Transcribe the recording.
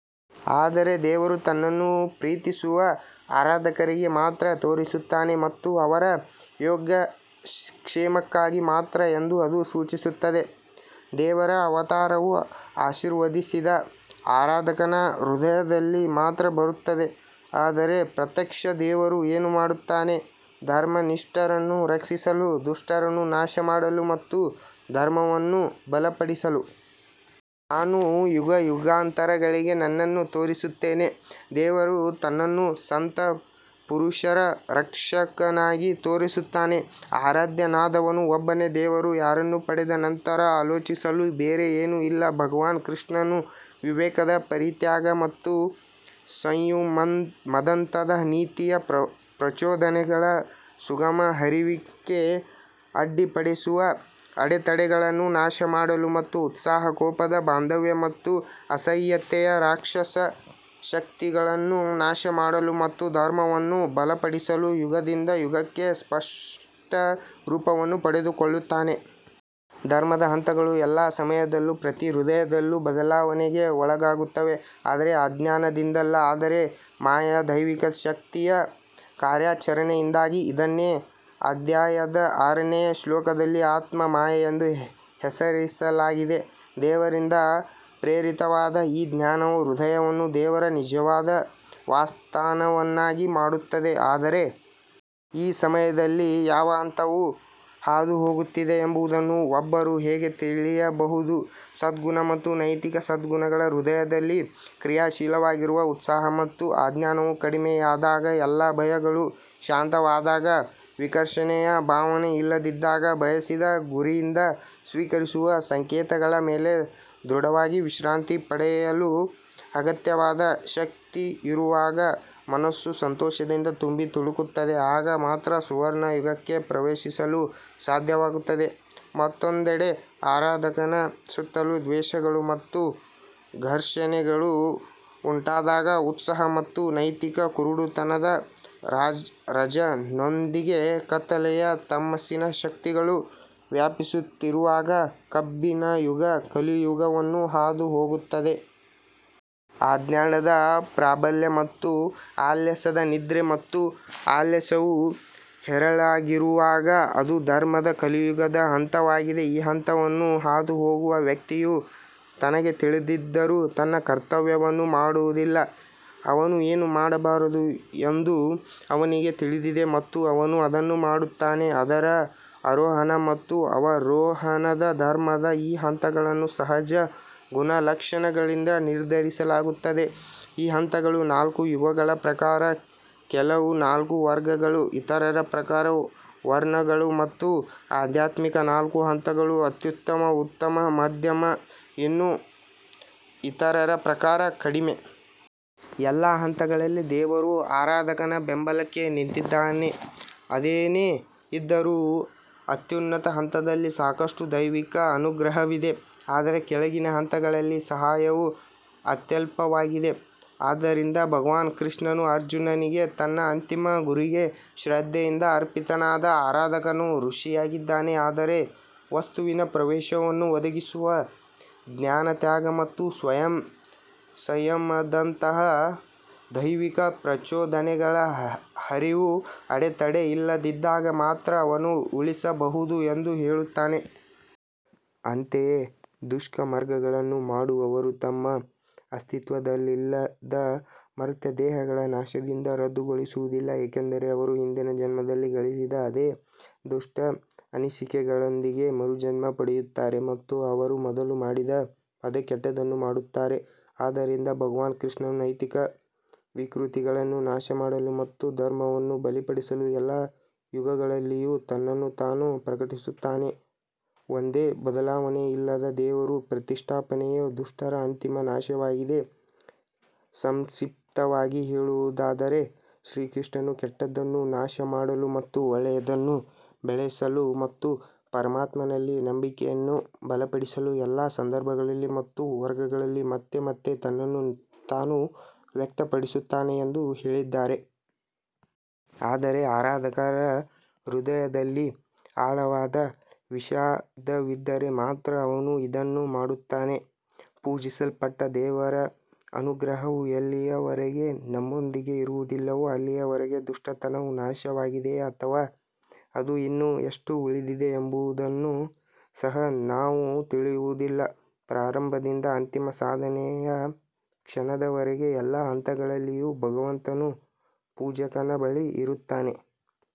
ಆದರೆ ದೇವರು ತನ್ನನ್ನು ಪ್ರೀತಿಸುವ ಆರಾಧಕರಿಗೆ ಮಾತ್ರ ತೋರಿಸುತ್ತಾನೆ ಮತ್ತು ಅವರ ಯೋಗಕ್ಷೇಮಕ್ಕಾಗಿ ಮಾತ್ರ ಎಂದು ಅದು ಸೂಚಿಸುತ್ತದೆ ದೇವರ ಅವತಾರವು ಆಶೀರ್ವದಿಸಿದ ಆರಾಧಕನ ಹೃದಯದಲ್ಲಿ ಮಾತ್ರ ಬರುತ್ತದೆ ಆದರೆ ಪ್ರತ್ಯಕ್ಷ ದೇವರು ಏನು ಮಾಡುತ್ತಾನೆ ಧರ್ಮನಿಷ್ಠರನ್ನು ರಕ್ಷಿಸಲು, ದುಷ್ಟರನ್ನು ನಾಶಮಾಡಲು ಮತ್ತು ಧರ್ಮವನ್ನು ಬಲಪಡಿಸಲು ನಾನು ಯುಗಯುಗಾಂತರಗಳಿಗೆ ನನ್ನನ್ನು ತೋರಿಸುತ್ತೇನೆ ದೇವರು ತನ್ನನ್ನು ಸಂತ ಪುರುಷರ ರಕ್ಷಕನಾಗಿ ತೋರಿಸುತ್ತಾನೆ ಆರಾಧ್ಯನಾದವನು ಒಬ್ಬನೇ ದೇವರು ಯಾರನ್ನು ಪಡೆದ ನಂತರ ಆಲೋಚಿಸಲು ಬೇರೆ ಏನೂ ಇಲ್ಲ ಭಗವಾನ್ ಕೃಷ್ಣನು ವಿವೇಕದ ಪರಿತ್ಯಾಗ ಮತ್ತು ಸಂಯಮದಂತಹ ನೀತಿಯ ಪ್ರಚೋದನೆಗಳ ಸುಗಮ ಹರಿವಿಗೆ ಅಡ್ಡಿಪಡಿಸುವ ಅಡೆತಡೆಗಳನ್ನು ನಾಶಮಾಡಲು ಮತ್ತು ಉತ್ಸಾಹ ಕೋಪದ ಬಾಂಧವ್ಯ ಮತ್ತು ಅಸಹ್ಯತೆಯ ರಾಕ್ಷಸ ಶಕ್ತಿಗಳನ್ನು ನಾಶಮಾಡಲು ಮತ್ತು ಧರ್ಮವನ್ನು ಬಲಪಡಿಸಲು ಯುಗದಿಂದ ಯುಗಕ್ಕೆ ಸ್ಪಷ್ಟ ರೂಪವನ್ನು ಪಡೆದುಕೊಳ್ಳುತ್ತಾನೆ. ಧರ್ಮದ ಹಂತಗಳು ಎಲ್ಲಾ ಸಮಯದಲ್ಲೂ ಪ್ರತಿ ಹೃದಯದಲ್ಲಿ ಬದಲಾವಣೆಗೆ ಒಳಗಾಗುತ್ತವೆ ಆದರೆ ಅಜ್ಞಾನದಿಂದಲ್ಲ ಆದರೆ ಮಾಯೆಯ ದೈವಿಕ ಶಕ್ತಿಯ ಕಾರ್ಯಾಚರಣೆಯಿಂದಾಗಿ. ಇದನ್ನೇ ಅಧ್ಯಾಯದ ಆರನೇ ಶ್ಲೋಕದಲ್ಲಿ ಆತ್ಮ ಮಾಯೆ ಎಂದು ಹೆಸರಿಸಲಾಗಿದೆ ದೇವರಿಂದ ಪ್ರೇರಿತವಾದ ಈ ಜ್ಞಾನವು ಹೃದಯವನ್ನು ದೇವರ ನಿಜವಾದ ವಾಸಸ್ಥಾನವನ್ನಾಗಿ ಮಾಡುತ್ತದೆ ಆದರೆ ಈ ಸಮಯದಲ್ಲಿ ಯಾವ ಹಂತವು ಹಾದುಹೋಗುತ್ತಿದೆ ಎಂಬುದನ್ನು ಒಬ್ಬರು ಹೇಗೆ ತಿಳಿಯಬಹುದು ಸದ್ಗುಣ ಮತ್ತು ನೈತಿಕ ಸದ್ಗುಣಗಳು ಹೃದಯದಲ್ಲಿ ಕ್ರಿಯಾಶೀಲವಾಗಿರುವಾಗ ಉತ್ಸಾಹ ಮತ್ತು ಅಜ್ಞಾನವು ಕಡಿಮೆಯಾದಾಗ ಎಲ್ಲಾ ಭಯಗಳು ಶಾಂತವಾದಾಗ ವಿಕರ್ಷಣೆಯ ಭಾವನೆ ಇಲ್ಲದಿದ್ದಾಗ ಬಯಸಿದ ಗುರಿಯಿಂದ ಸ್ವೀಕರಿಸುವ ಸಂಕೇತಗಳ ಮೇಲೆ ದೃಢವಾಗಿ ವಿಶ್ರಾಂತಿ ಪಡೆಯಲು ಅಗತ್ಯವಾದ ಶಕ್ತಿಯಿರುವಾಗ ಮನಸ್ಸು ಸಂತೋಷದಿಂದ ತುಂಬಿ ತುಳುಕುತ್ತದೆ ಆಗ ಮಾತ್ರ ಸುವರ್ಣಯುಗಕ್ಕೆ ಪ್ರವೇಶಿಸಲು ಸಾಧ್ಯವಾಗುತ್ತದೆ ಮತ್ತೊಂದೆಡೆ, ಆರಾಧಕನ ಸುತ್ತಲೂ ದ್ವೇಷಗಳು ಮತ್ತು ಘರ್ಷಣೆಗಳು ಉಂಟಾದಾಗ ಉತ್ಸಾಹ ಮತ್ತು ನೈತಿಕ ಕುರುಡುತನದ ರಜಸ್ನೊಂದಿಗೆ ಕತ್ತಲೆಯ ತಮಸ್ಸಿನ ಶಕ್ತಿಗಳು ವ್ಯಾಪಿಸುತ್ತಿರುವಾಗ ಕಬ್ಬಿಣಯುಗ ಕಲಿಯುಗವನ್ನು ಹಾದುಹೋಗುತ್ತದೆ. ಅಜ್ಞಾನದ ಪ್ರಾಬಲ್ಯ ಮತ್ತು ಆಲಸ್ಯದ ನಿದ್ರೆ ಮತ್ತು ಆಲಸ್ಯವು ಹೇರಳವಾಗಿರುವಾಗ ಅದು ಧರ್ಮದ ಕಲಿಯುಗದ ಹಂತವಾಗಿದೆ. ಈ ಹಂತವನ್ನು ಹಾದುಹೋಗುವ ವ್ಯಕ್ತಿಯು ತನಗೆ ತಿಳಿದಿದ್ದರೂ ತನ್ನ ಕರ್ತವ್ಯವನ್ನು ಮಾಡುವುದಿಲ್ಲ ಅವನು ಏನು ಮಾಡಬಾರದು ಎಂದು ಅವನಿಗೆ ತಿಳಿದಿದೆ ಮತ್ತು ಅವನು ಅದನ್ನು ಮಾಡುತ್ತಾನೆ ಅದರ ಆರೋಹಣ ಮತ್ತು ಅವರೋಹಣದ ಧರ್ಮದ ಈ ಹಂತಗಳನ್ನು ಸಹಜ ಗುಣಲಕ್ಷಣಗಳಿಂದ ನಿರ್ಧರಿಸಲಾಗುತ್ತದೆ ಈ ಹಂತಗಳು ನಾಲ್ಕು ಯುಗಗಳ ಪ್ರಕಾರ ಕೆಲವು ನಾಲ್ಕು ವರ್ಗಗಳು ಇತರರ ಪ್ರಕಾರ ವರ್ಣಗಳು ಮತ್ತು ಆಧ್ಯಾತ್ಮಿಕ ನಾಲ್ಕು ಹಂತಗಳು ಅತ್ಯುತ್ತಮ ಉತ್ತಮ ಮಧ್ಯಮ ಮತ್ತು ಇನ್ನೂ ಇತರರ ಪ್ರಕಾರ ಕಡಿಮೆ. ಎಲ್ಲಾ ಹಂತಗಳಲ್ಲಿ ದೇವರು ಆರಾಧಕನ ಬೆಂಬಲಕ್ಕೆ ನಿಂತಿದ್ದಾನೆ ಅದೇನೇ ಇದ್ದರೂ ಅತ್ಯುನ್ನತ ಹಂತದಲ್ಲಿ ಸಾಕಷ್ಟು ದೈವಿಕ ಅನುಗ್ರಹವಿದೆ ಆದರೆ ಕೆಳಗಿನ ಹಂತಗಳಲ್ಲಿ ಸಹಾಯವು ಅತ್ಯಲ್ಪವಾಗಿದೆ. ಆದ್ದರಿಂದ ಭಗವಾನ್ ಕೃಷ್ಣನು ಅರ್ಜುನನಿಗೆ ತನ್ನ ಅಂತಿಮ ಗುರಿಗೆ ಶ್ರದ್ಧೆಯಿಂದ ಅರ್ಪಿತನಾದ ಆರಾಧಕನು ಋಷಿಯಾಗಿದ್ದಾನೆ ಆದರೆ ವಸ್ತುವಿನ ಪ್ರವೇಶವನ್ನು ಒದಗಿಸುವ ಜ್ಞಾನತ್ಯಾಗ ಮತ್ತು ಸ್ವಯಂ ಸಂಯಮದಂತಹ ದೈವಿಕ ಪ್ರಚೋದನೆಗಳ ಹರಿವು ಅಡೆತಡೆಯಿಲ್ಲದಿದ್ದಾಗ ಮಾತ್ರ ಅವನು ಉಳಿಸಬಹುದು ಎಂದು ಹೇಳುತ್ತಾನೆ. ಅಂತೆಯೇ ದುಷ್ಕರ್ಮಗಳನ್ನು ಮಾಡುವವರು ತಮ್ಮ ಅಸ್ತಿತ್ವದಲ್ಲಿಲ್ಲದ ಮರ್ತ್ಯ ದೇಹಗಳ ನಾಶದಿಂದ ರದ್ದುಗೊಳ್ಳುವುದಿಲ್ಲ ಏಕೆಂದರೆ ಅವರು ಹಿಂದಿನ ಜನ್ಮದಲ್ಲಿ ಗಳಿಸಿದ ಅದೇ ದುಷ್ಟ ಅನಿಸಿಕೆಗಳೊಂದಿಗೆ ಮರುಜನ್ಮ ಪಡೆಯುತ್ತಾರೆ ಮತ್ತು ಅವರು ಮೊದಲು ಮಾಡಿದ ಅದೇ ಕೆಟ್ಟದ್ದನ್ನು ಮಾಡುತ್ತಾರೆ. ಆದ್ದರಿಂದ ಭಗವಾನ್ ಕೃಷ್ಣನು ನೈತಿಕ ವಿಕೃತಿಗಳನ್ನು ನಾಶಮಾಡಲು ಮತ್ತು ಧರ್ಮವನ್ನು ಬಲಪಡಿಸಲು ಎಲ್ಲಾ ಯುಗಗಳಲ್ಲಿಯೂ ತನ್ನನ್ನು ತಾನು ಪ್ರಕಟಿಸುತ್ತಾನೆ ಒಂದೇ ಬದಲಾವಣೆಯಿಲ್ಲದ ದೇವರ ಪ್ರತಿಷ್ಠಾಪನೆಯು ದುಷ್ಟರ ಅಂತಿಮ ನಾಶವಾಗಿದೆ ಸಂಕ್ಷಿಪ್ತವಾಗಿ ಹೇಳುವುದಾದರೆ, ಶ್ರೀಕೃಷ್ಣನು ಕೆಟ್ಟದ್ದನ್ನು ನಾಶಮಾಡಲು ಮತ್ತು ಒಳ್ಳೆಯದನ್ನು ಬೆಳೆಸಲು ಮತ್ತು ಪರಮಾತ್ಮನಲ್ಲಿ ನಂಬಿಕೆಯನ್ನು ಬಲಪಡಿಸಲು ಎಲ್ಲಾ ಸಂದರ್ಭಗಳಲ್ಲಿ ಮತ್ತು ವರ್ಗಗಳಲ್ಲಿ ಮತ್ತೆ ಮತ್ತೆ ತನ್ನನ್ನು ತಾನು ವ್ಯಕ್ತಪಡಿಸುತ್ತಾನೆ ಎಂದು ಹೇಳಿದ್ದಾನೆ. ಆದರೆ ಆರಾಧಕರ ಹೃದಯದಲ್ಲಿ ಆಳವಾದ ವಿಷಾದವಿದ್ದರೆ ಮಾತ್ರ ಅವನು ಇದನ್ನು ಮಾಡುತ್ತಾನೆ ಪೂಜಿಸಲ್ಪಟ್ಟ ದೇವರ ಅನುಗ್ರಹವು ಎಲ್ಲಿಯವರೆಗೆ ನಮ್ಮೊಂದಿಗೆ ಇರುವುದಿಲ್ಲವೋ ಅಲ್ಲಿಯವರೆಗೆ ದುಷ್ಟತನವು ನಾಶವಾಗಿದೆಯೇ ಅಥವಾ ಅದು ಇನ್ನೂ ಎಷ್ಟು ಉಳಿದಿದೆ ಎಂಬುದನ್ನು ಸಹ ನಾವು ತಿಳಿಯುವುದಿಲ್ಲ. ಪ್ರಾರಂಭದಿಂದ ಅಂತಿಮ ಸಾಧನೆಯ ಕ್ಷಣದವರೆಗೆ ಎಲ್ಲಾ ಹಂತಗಳಲ್ಲಿಯೂ ಭಗವಂತನು ಪೂಜಕನ ಬಳಿ ಇರುತ್ತಾನೆ।